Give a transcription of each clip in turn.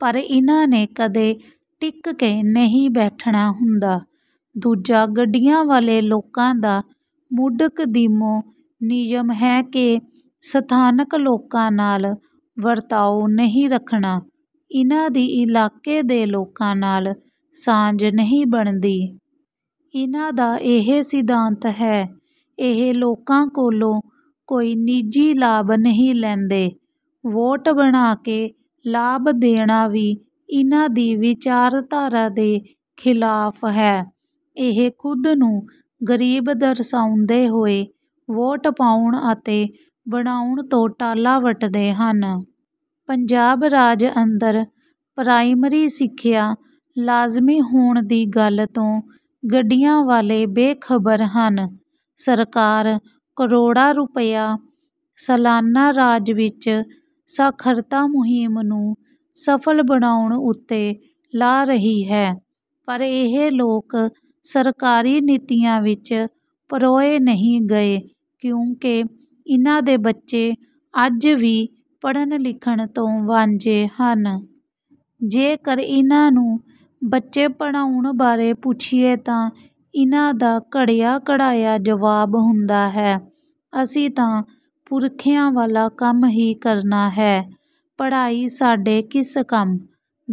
ਪਰ ਇਨ੍ਹਾਂ ਨੇ ਕਦੇ ਟਿਕ ਕੇ ਨਹੀਂ ਬੈਠਣਾ ਹੁੰਦਾ। ਦੂਜਾ ਗੱਡੀਆਂ ਵਾਲੇ ਲੋਕਾਂ ਦਾ ਮੁੱਢ ਕਦੀਮੋਂ ਨਿਯਮ ਹੈ ਕਿ ਸਥਾਨਕ ਲੋਕਾਂ ਨਾਲ ਵਰਤਾਓ ਨਹੀਂ ਰੱਖਣਾ। ਇਨ੍ਹਾਂ ਦੀ ਇਲਾਕੇ ਦੇ ਲੋਕਾਂ ਨਾਲ ਸਾਂਝ ਨਹੀਂ ਬਣਦੀ। ਇਨ੍ਹਾਂ ਦਾ ਇਹ ਸਿਧਾਂਤ ਹੈ। ਇਹ ਲੋਕਾਂ ਕੋਲੋਂ ਕੋਈ ਨਿੱਜੀ ਲਾਭ ਨਹੀਂ ਲੈਂਦੇ। ਵੋਟ ਬਣਾ ਕੇ ਲਾਭ ਦੇਣਾ ਵੀ ਇਨ੍ਹਾਂ ਦੀ ਵਿਚਾਰਧਾਰਾ ਦੇ ਖਿਲਾਫ਼ ਹੈ। ਇਹ ਖੁਦ ਨੂੰ ਗਰੀਬ ਦਰਸਾਉਂਦੇ ਹੋਏ ਵੋਟ ਪਾਉਣ ਅਤੇ ਬਣਾਉਣ ਤੋਂ ਟਾਲਾ ਵੱਟਦੇ ਹਨ। ਪੰਜਾਬ ਰਾਜ ਅੰਦਰ ਪ੍ਰਾਇਮਰੀ ਸਿੱਖਿਆ ਲਾਜ਼ਮੀ ਹੋਣ ਦੀ ਗੱਲ ਤੋਂ ਗੱਡੀਆਂ ਵਾਲੇ ਬੇਖਬਰ ਹਨ। ਸਰਕਾਰ ਕਰੋੜਾਂ ਰੁਪਿਆ ਸਲਾਨਾ ਰਾਜ ਵਿੱਚ ਸਾਖਰਤਾ ਮੁਹਿੰਮ ਨੂੰ ਸਫ਼ਲ ਬਣਾਉਣ ਉੱਤੇ ਲਾ ਰਹੀ ਹੈ। ਪਰ ਇਹ ਲੋਕ ਸਰਕਾਰੀ ਨੀਤੀਆਂ ਵਿੱਚ ਪਰੋਏ ਨਹੀਂ ਗਏ ਕਿਉਂਕਿ ਇਨ੍ਹਾਂ ਦੇ ਬੱਚੇ ਅੱਜ ਵੀ ਪੜ੍ਹਨ ਲਿਖਣ ਤੋਂ ਵਾਂਝੇ ਹਨ। ਜੇਕਰ ਇਨ੍ਹਾਂ ਨੂੰ ਬੱਚੇ ਪੜ੍ਹਾਉਣ ਬਾਰੇ ਪੁੱਛੀਏ ਤਾਂ ਇਨ੍ਹਾਂ ਦਾ ਘੜਿਆ ਘੜਾਇਆ ਜਵਾਬ ਹੁੰਦਾ ਹੈ ਅਸੀਂ ਤਾਂ ਪੁਰਖਿਆਂ ਵਾਲਾ ਕੰਮ ਹੀ ਕਰਨਾ ਹੈ ਪੜ੍ਹਾਈ ਸਾਡੇ ਕਿਸ ਕੰਮ।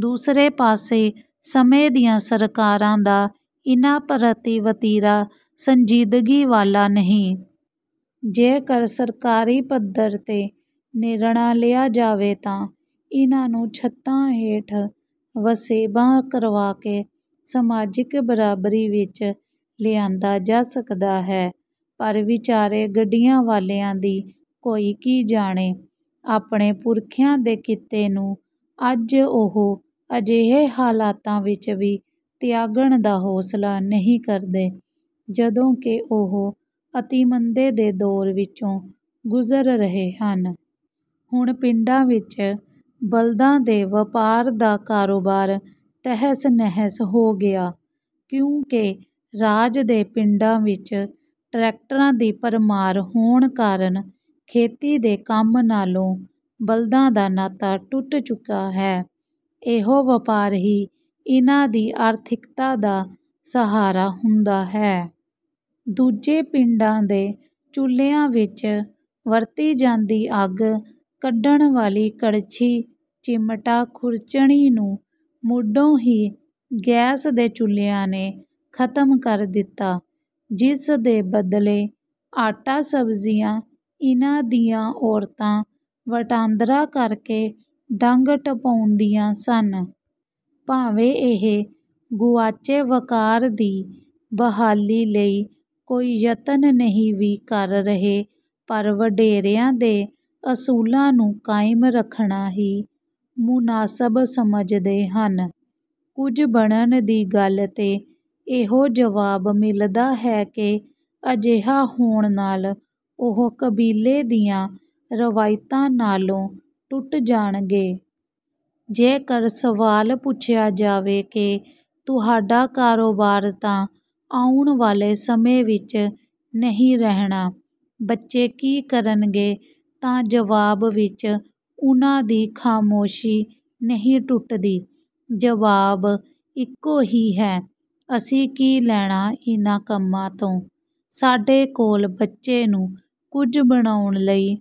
ਦੂਸਰੇ ਪਾਸੇ ਸਮੇਂ ਦੀਆਂ ਸਰਕਾਰਾਂ ਦਾ ਇਨ੍ਹਾਂ ਪ੍ਰਤੀ ਵਤੀਰਾ ਸੰਜੀਦਗੀ ਵਾਲਾ ਨਹੀਂ। ਜੇਕਰ ਸਰਕਾਰੀ ਪੱਧਰ ਤੇ ਨਿਰਣਾ ਲਿਆ ਜਾਵੇ ਤਾਂ ਇਨ੍ਹਾਂ ਨੂੰ ਛੱਤਾਂ ਹੇਠ ਵਸੇਬਾ ਕਰਵਾ ਕੇ ਸਮਾਜਿਕ ਬਰਾਬਰੀ ਵਿੱਚ ਲਿਆਂਦਾ ਜਾ ਸਕਦਾ ਹੈ। ਪਰ ਵਿਚਾਰੇ ਗੱਡੀਆਂ ਵਾਲਿਆਂ ਦੀ ਕੋਈ ਕੀ ਜਾਣੇ। ਆਪਣੇ ਪੁਰਖਿਆਂ ਦੇ ਕਿੱਤੇ ਨੂੰ ਅੱਜ ਉਹ ਅਜਿਹੇ ਹਾਲਾਤਾਂ ਵਿੱਚ ਵੀ ਤਿਆਗਣ ਦਾ ਹੌਸਲਾ ਨਹੀਂ ਕਰਦੇ ਜਦੋਂ ਕਿ ਉਹ ਅਤਿ ਮੰਦੇ ਦੇ ਦੌਰ ਵਿੱਚੋਂ ਗੁਜ਼ਰ ਰਹੇ ਹਨ। ਹੁਣ ਪਿੰਡਾਂ ਵਿੱਚ ਬਲਦਾਂ ਦੇ ਵਪਾਰ ਦਾ ਕਾਰੋਬਾਰ ਤਹਿਸ ਨਹਿਸ ਹੋ ਗਿਆ ਕਿਉਂਕਿ ਰਾਜ ਦੇ ਪਿੰਡਾਂ ਵਿੱਚ ਟਰੈਕਟਰਾਂ ਦੀ ਭਰਮਾਰ ਹੋਣ ਕਾਰਨ ਖੇਤੀ ਦੇ ਕੰਮ ਨਾਲੋਂ ਬਲਦਾਂ ਦਾ ਨਾਤਾ ਟੁੱਟ ਚੁੱਕਾ ਹੈ। ਇਹੋ ਵਪਾਰ ਹੀ ਇਨ੍ਹਾਂ ਦੀ ਆਰਥਿਕਤਾ ਦਾ ਸਹਾਰਾ ਹੁੰਦਾ ਹੈ। ਦੂਜੇ ਪਿੰਡਾਂ ਦੇ ਚੁੱਲ੍ਹਿਆਂ ਵਿੱਚ ਵਰਤੀ ਜਾਂਦੀ ਅੱਗ ਕੱਢਣ ਵਾਲੀ ਕੜਛੀ ਚਿਮਟਾ ਖੁਰਚਣੀ ਨੂੰ ਮੁੱਢੋਂ ਹੀ ਗੈਸ ਦੇ ਚੁੱਲ੍ਹਿਆਂ ਨੇ ਖ਼ਤਮ ਕਰ ਦਿੱਤਾ ਜਿਸ ਦੇ ਬਦਲੇ ਆਟਾ ਸਬਜ਼ੀਆਂ ਇਨ੍ਹਾਂ ਦੀਆਂ ਔਰਤਾਂ ਵਟਾਂਦਰਾ ਕਰਕੇ ਡੰਗ ਟਪਾਉਂਦੀਆਂ ਸਨ। ਭਾਵੇਂ ਇਹ ਗੁਆਚੇ ਵਕਾਰ ਦੀ ਬਹਾਲੀ ਲਈ ਕੋਈ ਯਤਨ ਨਹੀਂ ਵੀ ਕਰ ਰਹੇ ਪਰ ਵਡੇਰਿਆਂ ਦੇ ਅਸੂਲਾਂ ਨੂੰ ਕਾਇਮ ਰੱਖਣਾ ਹੀ ਮੁਨਾਸਬ ਸਮਝਦੇ ਹਨ। ਕੁਝ ਬਣਨ ਦੀ ਗੱਲ ਤੇ ਇਹੋ ਜਵਾਬ ਮਿਲਦਾ ਹੈ ਕਿ ਅਜਿਹਾ ਹੋਣ ਨਾਲ ਉਹ ਕਬੀਲੇ ਦੀਆਂ ਰਵਾਇਤਾਂ ਨਾਲੋਂ ਟੁੱਟ ਜਾਣਗੇ। ਜੇਕਰ ਸਵਾਲ ਪੁੱਛਿਆ ਜਾਵੇ ਕਿ ਤੁਹਾਡਾ ਕਾਰੋਬਾਰ ਤਾਂ ਆਉਣ ਵਾਲੇ ਸਮੇਂ ਵਿੱਚ ਨਹੀਂ ਰਹਿਣਾ ਬੱਚੇ ਕੀ ਕਰਨਗੇ ਤਾਂ ਜਵਾਬ ਵਿੱਚ ਉਨ੍ਹਾਂ ਦੀ ਖਾਮੋਸ਼ੀ ਨਹੀਂ ਟੁੱਟਦੀ। ਜਵਾਬ ਇੱਕੋ ਹੀ ਹੈ ਅਸੀਂ ਕੀ ਲੈਣਾ ਇਨ੍ਹਾਂ ਕੰਮਾਂ ਤੋਂ। ਸਾਡੇ ਕੋਲ ਬੱਚੇ ਨੂੰ ਕੁਝ ਬਣਾਉਣ ਲਈ